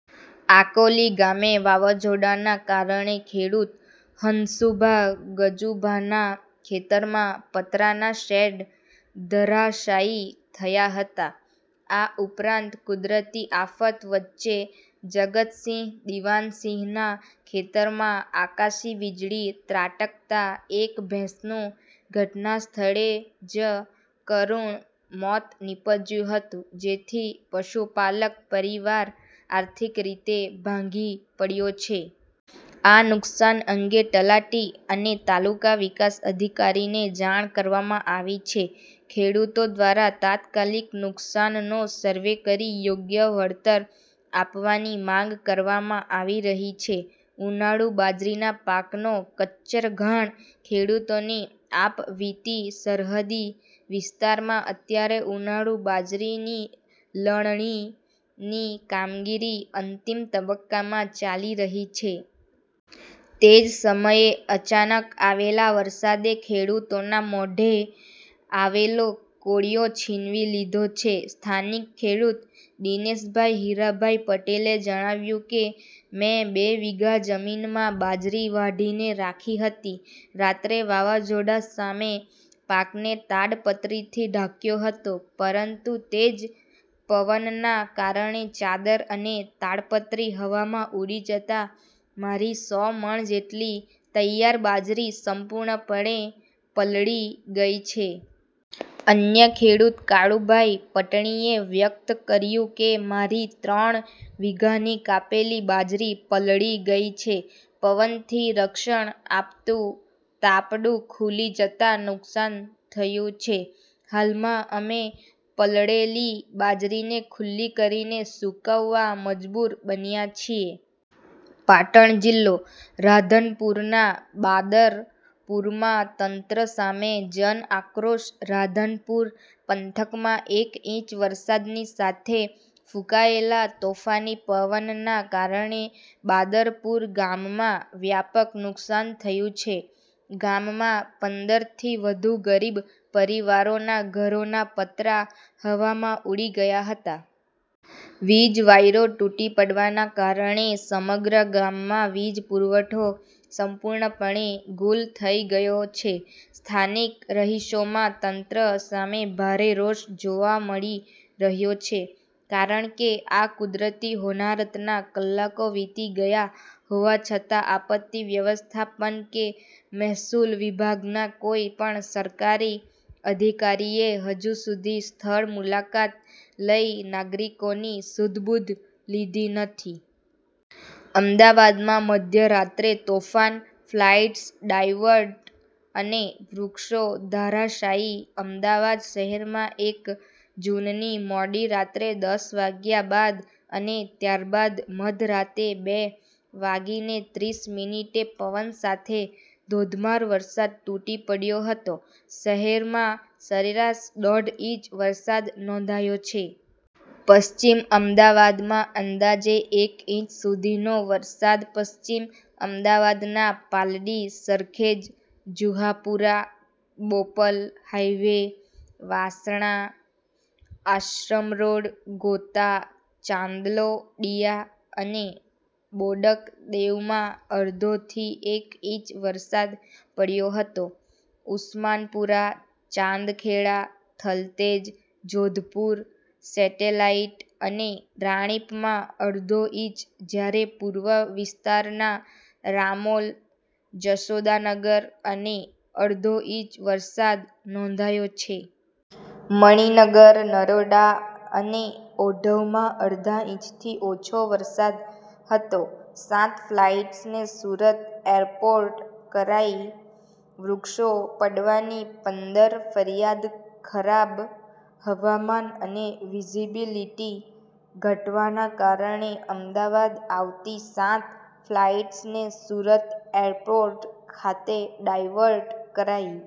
આકોલી ગામે વાવાઝોડાના કારણે ખેડૂત હંસુભા ગજુભાના ખેતરમાં પતરાના શેડ ધરાશાયી થયા હતા. આ ઉપરાંત, કુદરતી આફત વચ્ચે જગતસિંહ દિવાનસિંહના ખેતરમાં આકાશી વીજળી ત્રાટકતાં એક ભેંસનું ઘટનાસ્થળે જ કરુણ મોત નીપજ્યું હતું, જેથી પશુપાલક પરિવાર આર્થિક રીતે ભાંગી પડ્યો છે. આ નુકસાન અંગે તલાટી અને તાલુકા વિકાસ અધિકારીને જાણ કરવામાં આવી છે. ખેડૂતો દ્વારા તાત્કાલિક નુકસાનનો સર્વે કરી યોગ્ય વળતર આપવાની માંગ કરવામાં આવી રહી છે. ઉનાળુ બાજરીના પાકનો કચ્ચરઘાણ: ખેડૂતોની આપવીતી સરહદી વિસ્તારોમાં અત્યારે ઉનાળુ બાજરીની લણણી ની કામગીરી અંતિમ તબક્કામાં ચાલી રહી છે. તે જ સમયે અચાનક આવેલા વરસાદે ખેડૂતોના મોઢે આવેલો કોળિયો છીનવી લીધો છે. સ્થાનિક ખેડૂત દિનેશભાઈ હીરાભાઈ પટેલે જણાવ્યું કે, મેં બે વીઘા જમીનમાં બાજરી વાઢીને રાખી હતી. રાત્રે વાવાઝોડા સામે પાકને તાડપત્રીથી ઢાંક્યો હતો, પરંતુ તેજ પવનના કારણે ચાદર અને તાડપત્રી હવામાં ઊડી જતાં મારી સો મણ જેટલી તૈયાર બાજરી સંપૂર્ણપણે પલળી ગઈ છે. અન્ય ખેડૂત કાળુભાઈ પટણીએ વ્યક્ત કર્યું કે, મારી ત્રણ વીઘાની કાપેલી બાજરી પલળી ગઈ છે. પવનથી રક્ષણ આપતું તાપડું ખુલી જતાં નુકસાન થયું છે, હાલમાં અમે પલળેલી બાજરીને ખુલ્લી કરીને સુકવવા મજબૂર બન્યા છીએ. પાટણ જિલ્લો: રાધનપુરના બાદરપુરામાં તંત્ર સામે જનઆક્રોશ રાધનપુર પંથકમાં એક ઇંચ વરસાદની સાથે ફૂંકાયેલા તોફાની પવનના કારણે બાદરપુરા ગામમાં વ્યાપક નુકસાન થયું છે. ગામમાં પંદર થી વધુ ગરીબ પરિવારોના ઘરોના પતરાં હવામાં ઊડી ગયા હતા. વીજ વાયરો તૂટી પડવાના કારણે સમગ્ર ગામમાં વીજ પુરવઠો સંપૂર્ણપણે ગુલ થઈ ગયો છે. સ્થાનિક રહીશોમાં તંત્ર સામે ભારે રોષ જોવા મળી રહ્યો છે, કારણ કે આ કુદરતી હોનારતના કલાકો વીતી ગયા હોવા છતાં આપત્તિ વ્યવસ્થાપન કે મહેસૂલ વિભાગના કોઈ પણ સરકારી અધિકારીએ હજુ સુધી સ્થળ મુલાકાત લઈ નાગરિકોની સુધબુધ લીધી નથી. અમદાવાદમાં મધ્યરાત્રે તોફાન, ફ્લાઇટ્સ ડાયવર્ટ અને વૃક્ષો ધરાશાયી અમદાવાદ શહેરમાં એક જૂનની મોડી રાત્રે દસ વાગ્યા બાદ અને ત્યારબાદ મધરાતે બે વાગીને ત્રીસ મીનીટે પવન સાથે ધોધમાર વરસાદ તૂટી પડ્યો હતો. શહેરમાં સરેરાશ દોઢ ઇંચ વરસાદ નોંધાયો છે. પશ્ચિમ અમદાવાદમાં અંદાજે એક ઈંચ સુધીનો વરસાદપશ્ચિમ અમદાવાદના પાલડી, સરખેજ, જુહાપુરા, બોપલ, હાઇવે, વાસણા, આશ્રમરોડ, ગોતા, ચાંદલોડિયા અને બોડકદેવમાં અડધો થી એક ઇંચ વરસાદ પડ્યો હતો. ઉસ્માનપુરા, ચાંદખેડા, થલતેજ, જોધપુર, સેટેલાઈટ અને રાણીપમાં અડધો ઇંચ જ્યારે પૂર્વ વિસ્તારના રામોલ, જશોદાનગર અને અડધો ઇંચ વરસાદ નોંધાયો છે. મણિનગર, નરોડા અને ઓઢવમાં અડધા ઇંચથી ઓછો વરસાદ હતો. સાત ફ્લાઇટ્સને સુરત એરપોર્ટ કરાઈ, વૃક્ષો પડવાની પંદર ફરિયાદ ખરાબ હવામાન અને વિઝિબિલિટી ઘટવાના કારણે અમદાવાદ આવતી સાત ફ્લાઇટ્સને સુરત એરપોર્ટ ખાતે ડાયવર્ટ કરાઈ.